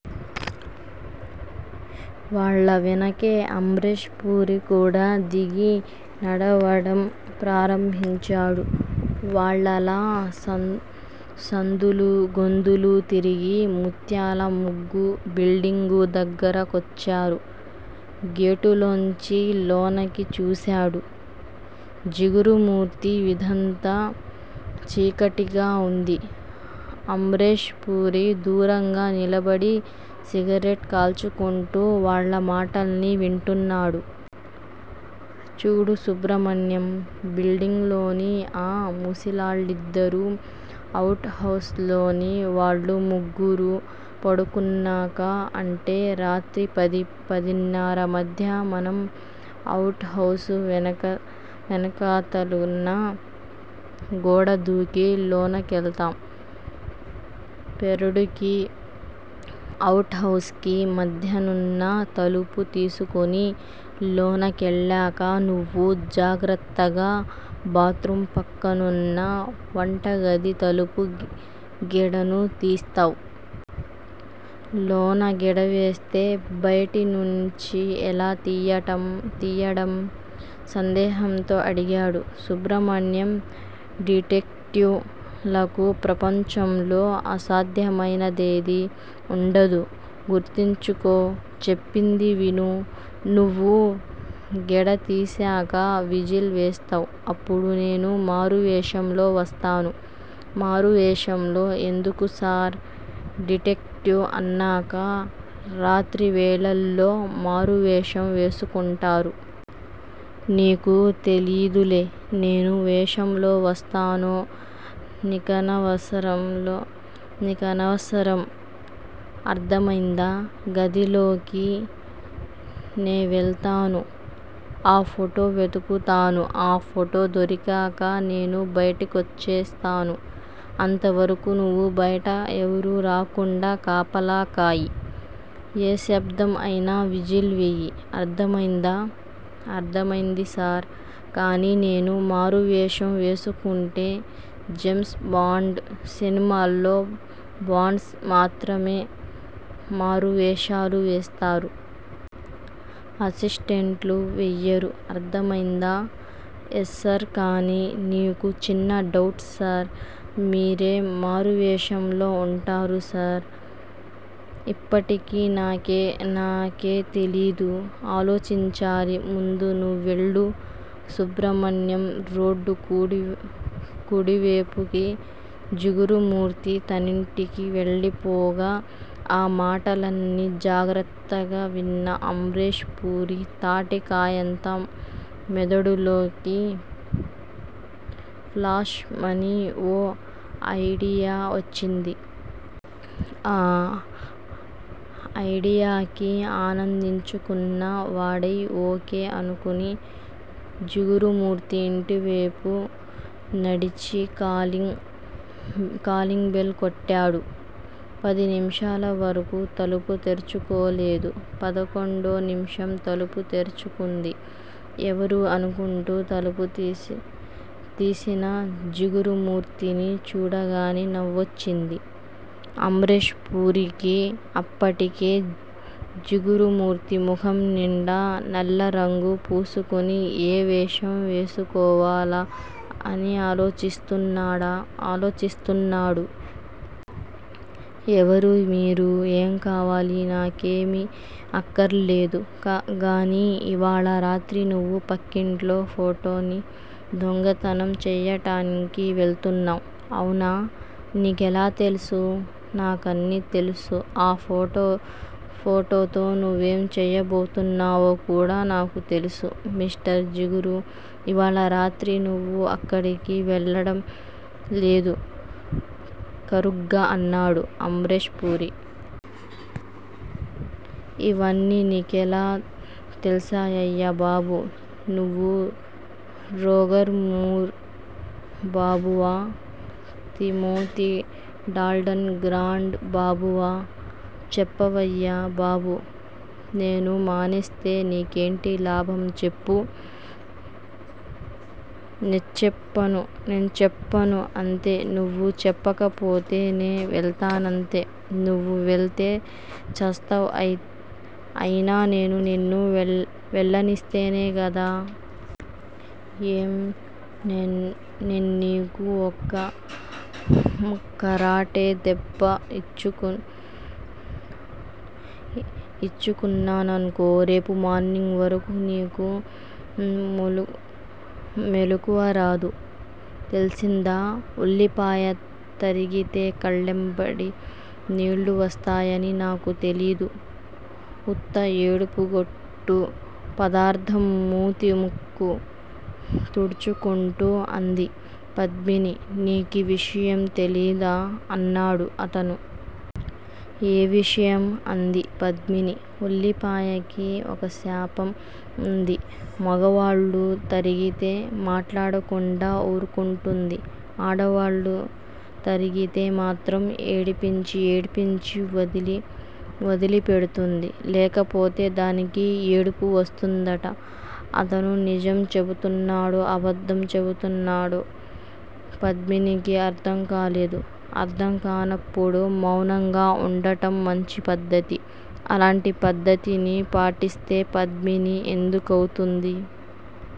వాళ్ళ వెనకే అమ్రేష్ పురీ కూడా దిగి, నడవడం ప్రారంభించాడు. వాళ్ళలా సందులూ, గొందులూ తిరిగి ముత్యాల ముగ్గు బిల్డింగు దగ్గర కొచ్చారు. గేటులోంచి లోనకి చూశాడు జిగురుమూర్తి. వీధంతా చీకటిగా ఉంది. అమ్రేష్ పురీ దూరంగా నిలబడి సిగరెట్ కాల్చుకుంటూ వాళ్ళ మాటల్ని వింటున్నాడు. చూడు సుబ్రమణ్యం బిల్డింగ్ లోని ఆ ముసిలాళ్ళిద్దరూ, అవుట్ హౌస్ లోని వాళ్ళు ముగ్గురూ పడుకున్నాక, అంటే రాత్రి పది, పదిన్నర మధ్య మనం అవుట్ హౌస్ వెనకాతలున్న గోడదూకి, లోనకెళ్తాం పెరడుకీ, అవుట్ హౌస్ కీ మధ్యనున్న తలుపు తీసుకుని లోనకెళ్ళాక నువ్వు జాగ్రత్తగా బాత్రూం పక్కనున్న వంటగది తలుపు గెడను తీస్తావ్. లోన గెడవేస్తే బయటి నుంచి ఎలా తియ్యడం? సందేహంతో అడిగాడు సుబ్రమణ్యం. డిటెక్టివ్ లకు ప్రపంచంలో అసాధ్యమైనదేదీ ఉండదు గుర్తుంచుకో చెప్పింది విను. నువ్వు గెడ తీశాక విజిల్ వేస్తావ్ అప్పుడు నేను మారువేషంలో వస్తాను. మారు వేషంలో ఎందుకు సార్? డిటెక్టివ్ అన్నాక రాత్రివేళల్లో మారువేషం వేసుకుంటారు. నీకు తెలీదులే. నేను వేషంలో వస్తానో నీకనవసరం. అర్ధమైందా? గదిలోకి నేవెళ్తాను ఆ ఫోటో వెతుకుతాను ఆ ఫోటో దొరికాక నేను బయటికొచ్చేస్తాను. అంతవరకూ నువ్వు బయట ఎవరూ రాకుండా కాపలా కాయి. ఏ శబ్దం అయినా 'విజిల్' వెయ్యి. అర్ధమైందా? అర్ధమైంది సార్! కానీ నేనూ మారువేషం వేసుకుంటే జేమ్స్ బాండ్ సినిమాల్లో, బాండ్స్ మాత్రమే మారువేషాలు వేస్తారు. అసిస్టెంట్లు వెయ్యరు అర్ధమైందా? ఎస్సర్ కానీ నీకు చిన్న డౌట్ సర్. మీరే మారువేషంలో ఉంటారు సర్? ఇప్పటికీ నాకే తెలీదు. ఆలోచించాలి ముందు నువ్వెళ్ళు. సుబ్రమణ్యం రోడ్డు కుడివేపుకి, జిగురుమూర్తి తనింటికి వెళ్ళిపోగా ఆ మాటలన్నీ జాగ్రత్తగా విన్న అమ్రేష్ పురీ తాటికాయంత మెదడులోకి 'ఫ్లాష్'మని ఓ అయిడియా వచ్చింది. ఆ అయిడియాకి ఆనందించుకున్న వాడై, ఓ. కే. అనుకుని జిగురుమూర్తి ఇంటివేపు నడిచి, కాలింగ్ బెల్ కొట్టాడు. పది నిమిషాల వరకూ తలుపు తెరుచుకోలేదు. పదకొండో నిమిషం తలుపు తెరుచుకుంది. ఎవరూ అనుకుంటూ తలుపు తీసిన జిగురుమూర్తిని చూడగానే నవ్వొచ్చింది అమ్రేష్ పురీకి. అప్పటికే జిగురుమూర్తి ముఖం నిండా నల్లరంగు పూసుకుని, ఏ వేషం వేసుకోవాలా అని ఆలోచిస్తున్నాడు. ఎవరు మీరు? ఏం కావాలి? నాకేమీ అక్కర్లేదు గానీ ఇవాళ రాత్రి నువ్వు పక్కింట్లో ఫోటోని దొంగతనం చెయ్యడానికి వెళ్తున్నావ్. అవునా? నీకెలా తెలుసు? నాకన్నీ తెలుసు ఆ ఫోటోతో నువ్వేం చెయ్యబోతున్నావో కూడా నాకు తెలుసు మిస్టర్ జిగురూ ఇవాళ రాత్రి నువ్వు అక్కడికి వెళ్ళడం లేదు కరుగ్గా అన్నాడు అమ్రేష్ పురి. ఇవన్నీ నీకెలా తెల్సాయయ్యా బాబూ నువ్వు రోగర్ మూర్ బాబువా? తిమోతీ డాల్టన్ గ్రాండ్ బాబువా? చెప్పవయ్యా బాబు? నేను మానేస్తే నీకేంటి లాభం చెప్పు. నేచ్చెప్పను అంతే నువ్వు చెప్పకపోతే, నే వెళ్తానంతే. నువ్వు వెళ్తే ఛస్తావ్ అయినా నేను నిన్ను వెళ్ళనిస్తేనే గదా! ఏం? నేన్నీకు ఒక్క కరాటే దెబ్బ ఇచ్చుకున్నాననుకో రేపు మార్నింగ్ వరకూ నీకు మెలుకువ రాదు. తెల్సిందా? ఉల్లిపాయ తరిగితే కళ్ళెంబడి నీళ్ళు వస్తాయని నాకు తెలీదు. ఉత్త ఏడుపుగొట్టు పదార్ధం మూతి ముక్కు తుడుచుకుంటూ అంది పద్మిని. నీకీ విషయం తెలీదా! అన్నాడు అతను. ఏ విషయం? అంది పద్మిని. ఉల్లిపాయకి ఒక శాపం వుంది. మగవాళ్ళు తరిగితే మాట్లాడకుండా ఊర్కుంటుంది. ఆడవాళ్ళు తరిగితే మాత్రం ఏడిపించి ఏడిపించి వదిలి పెడుతుంది. లేకపోతే దానికి ఏడుపు వస్తుందట. అతను నిజం చెబుతున్నాడో, అబద్ధం చెబుతున్నాడో? పద్మినీకి అర్ధంకాలేదు. అర్ధం కానప్పుడు మౌనంగా వుండటం మంచి పద్ధతి. అలాంటి పద్ధతిని పాటిస్తే 'పద్మిని' ఎందుకౌతుంది.